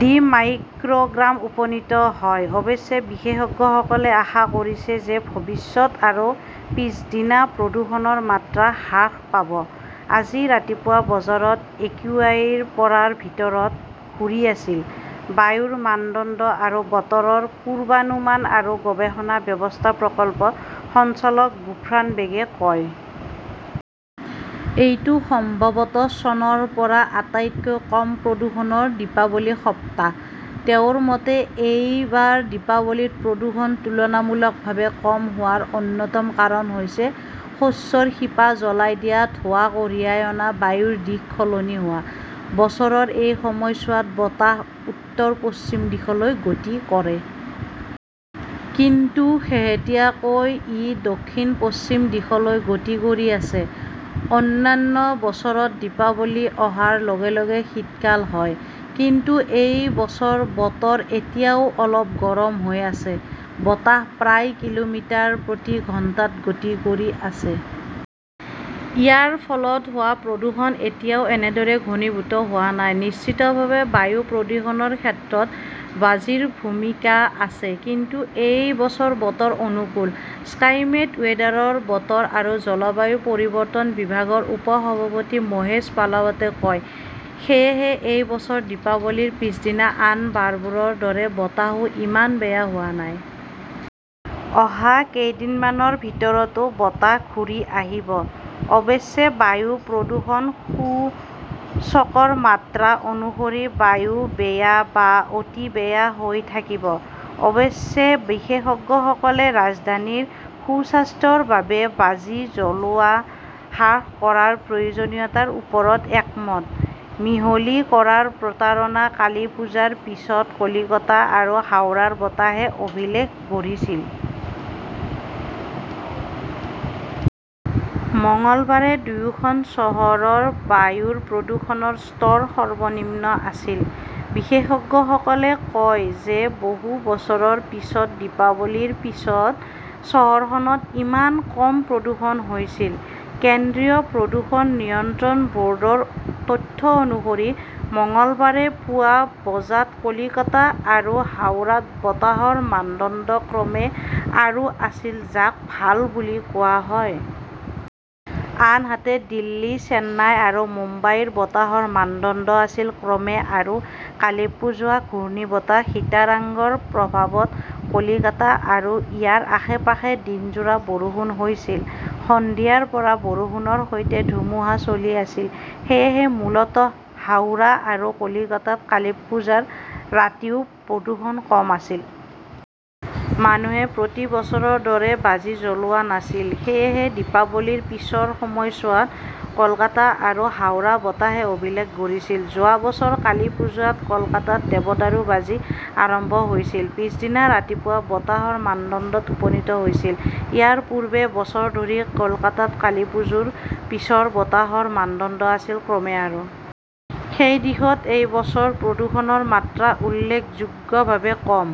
D. "Microgram উপনীত হয়। অৱশ্যে, বিশেষজ্ঞসকলে আশা কৰিছে যে ভৱিষ্যত আৰু পিছদিনা প্ৰদূষণৰ মাত্ৰা হ্ৰাস পাব। "আজি ৰাতিপুৱা বজাত একিউআই ৰ পৰা ৰ ভিতৰত ঘূৰি আছিল", বায়ুৰ মানদণ্ড আৰু বতৰৰ পূৰ্বানুমান আৰু গৱেষণা ব্যৱস্থাৰ প্ৰকল্প সঞ্চালক গুফ্ৰান বেগে কয়। এইটো সম্ভৱতঃ চনৰ পৰা আটাইতকৈ কম প্ৰদূষণৰ দীপাৱলী-সপ্তাহ। "তেওঁৰ মতে, এই বাৰ দীপাৱলীত প্ৰদূষণ তুলনামূলকভাৱে কম হোৱাৰ অন্যতম কাৰণ হৈছে শস্যৰ শিপা জ্বলাই দিয়া ধোঁৱা কঢ়িয়াই অনা বায়ুৰ দিশ সলনি হোৱা। বছৰৰ এই সময়ছোৱাত বতাহ উত্তৰ-পশ্চিম দিশলৈ গতি কৰে। কিন্তু শেহতীয়াকৈ ই দক্ষিণ-পশ্চিম দিশলৈ গতি কৰি আছে। অন্যান্য বছৰত দীপাৱলী অহাৰ লগে লগে শীতকাল হয়। কিন্তু এই বছৰ বতৰ এতিয়াও অলপ গৰম হৈ আছে। বতাহ প্ৰায় কিলোমিটাৰ প্ৰতি ঘণ্টাত গতি কৰি আছে। ইয়াৰ ফলত হোৱা প্ৰদূষণ এতিয়াও এনেদৰে ঘনীভূত হোৱা নাই। "নিশ্চিতভাৱে বায়ু প্ৰদূষণৰ ক্ষেত্ৰত বাজিৰ ভূমিকা আছে, কিন্তু এই বছৰ বতৰ অনুকূল", স্কাইমেট ৱেদাৰৰ বতৰ আৰু জলবায়ু পৰিৱৰ্তন বিভাগৰ উপ-সভাপতি মহেশ পালাৱাটে কয়। সেয়েহে এই বছৰ দীপাৱলীৰ পিছদিনা আন বাৰবোৰৰ দৰে বতাহও ইমান বেয়া হোৱা নাই। অহা কেইদিনমানৰ ভিতৰতো বতাহ ঘূৰি আহিব। অৱশ্যে, বায়ু প্ৰদূষণ সূচকৰ মাত্ৰা অনুসৰি বায়ু 'বেয়া "বা' অতি বেয়া" হৈ থাকিব। অৱশ্যে, বিশেষজ্ঞসকলে ৰাজধানীৰ সুস্বাস্থ্যৰ বাবে বাজি জ্বলোৱা হ্ৰাস কৰাৰ প্ৰয়োজনীয়তাৰ ওপৰত একমত। মিহলি কৰাৰ প্ৰতাৰণা কালীপুজাৰ পিছত কলকাতা আৰু হাওৰাৰ বতাহে অভিলেখ গঢ়িছিল। মঙলবাৰে দুয়োখন চহৰৰ বায়ুৰ প্ৰদূষণৰ স্তৰ সৰ্বনিম্ন আছিল। বিশেষজ্ঞসকলে কয় যে বহু বছৰৰ পিছত দীপাৱলীৰ পিছত চহৰখনত ইমান কম প্ৰদূষণ হৈছিল। কেন্দ্ৰীয় প্ৰদূষণ নিয়ন্ত্ৰণ ব "ৰ্ডৰ তথ্য অনুসৰি মঙলবাৰে পুৱা বজাত কলকাতা আৰু হাওৰাত বতাহৰ মানদণ্ড ক্ৰমে আৰু আছিল, যাক 'ভাল" বুলি কোৱা হয়। আনহাতে, দিল্লী, চেন্নাই আৰু মুম্বাইৰ বতাহৰ মানদণ্ড আছিল ক্ৰমে আৰু। কালিপ্পুজোৱা ঘূৰ্ণীবতাহ সিতৰাংৰ প্ৰভাৱত কলকাতা আৰু ইয়াৰ আশে-পাশে দিনজোৰা বৰষুণ হৈছিল। সন্ধিয়াৰ পৰা বৰষুণৰ সৈতে ধুমুহা চলি আছিল। সেয়েহে মূলতঃ হাওৰা আৰু কলকাতাত কালিপ্পুজাৰ ৰাতিও প্ৰদূষণ কম আছিল। মানুহে প্ৰতি বছৰৰ দৰে বাজি জ্বলোৱা নাছিল। সেয়েহে দীপাৱলীৰ পিছৰ সময়ছোৱাত কলকাতা আৰু হাওড়াৰ বতাহে অভিলেখ গঢ়িছিল। যোৱা বছৰ কালিপুজোৱাত কলকাতাত দেৱদাৰুৰ বাজি আৰম্ভ হৈছিল। পিছদিনা ৰাতিপুৱা বতাহৰ মানদণ্ড ত উপনীত হৈছিল। ইয়াৰ পূৰ্বে বছৰ ধৰি কলকাতাত কালীপুজোৰ পিছৰ বতাহৰ মানদণ্ড আছিল ক্ৰমে আৰু। সেই দিশত এই বছৰ প্ৰদূষণৰ মাত্ৰা উল্লেখযোগ্যভাৱে কম।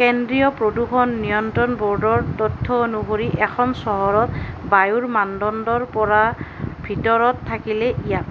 কেন্দ্ৰীয় প্ৰদূষণ নিয়ন্ত্ৰণ ব "ৰ্ডৰ তথ্য অনুসৰি, এখন চহৰত বায়ুৰ মানদণ্ড ৰ পৰা ৰ ভিতৰত থাকিলে ইয়াক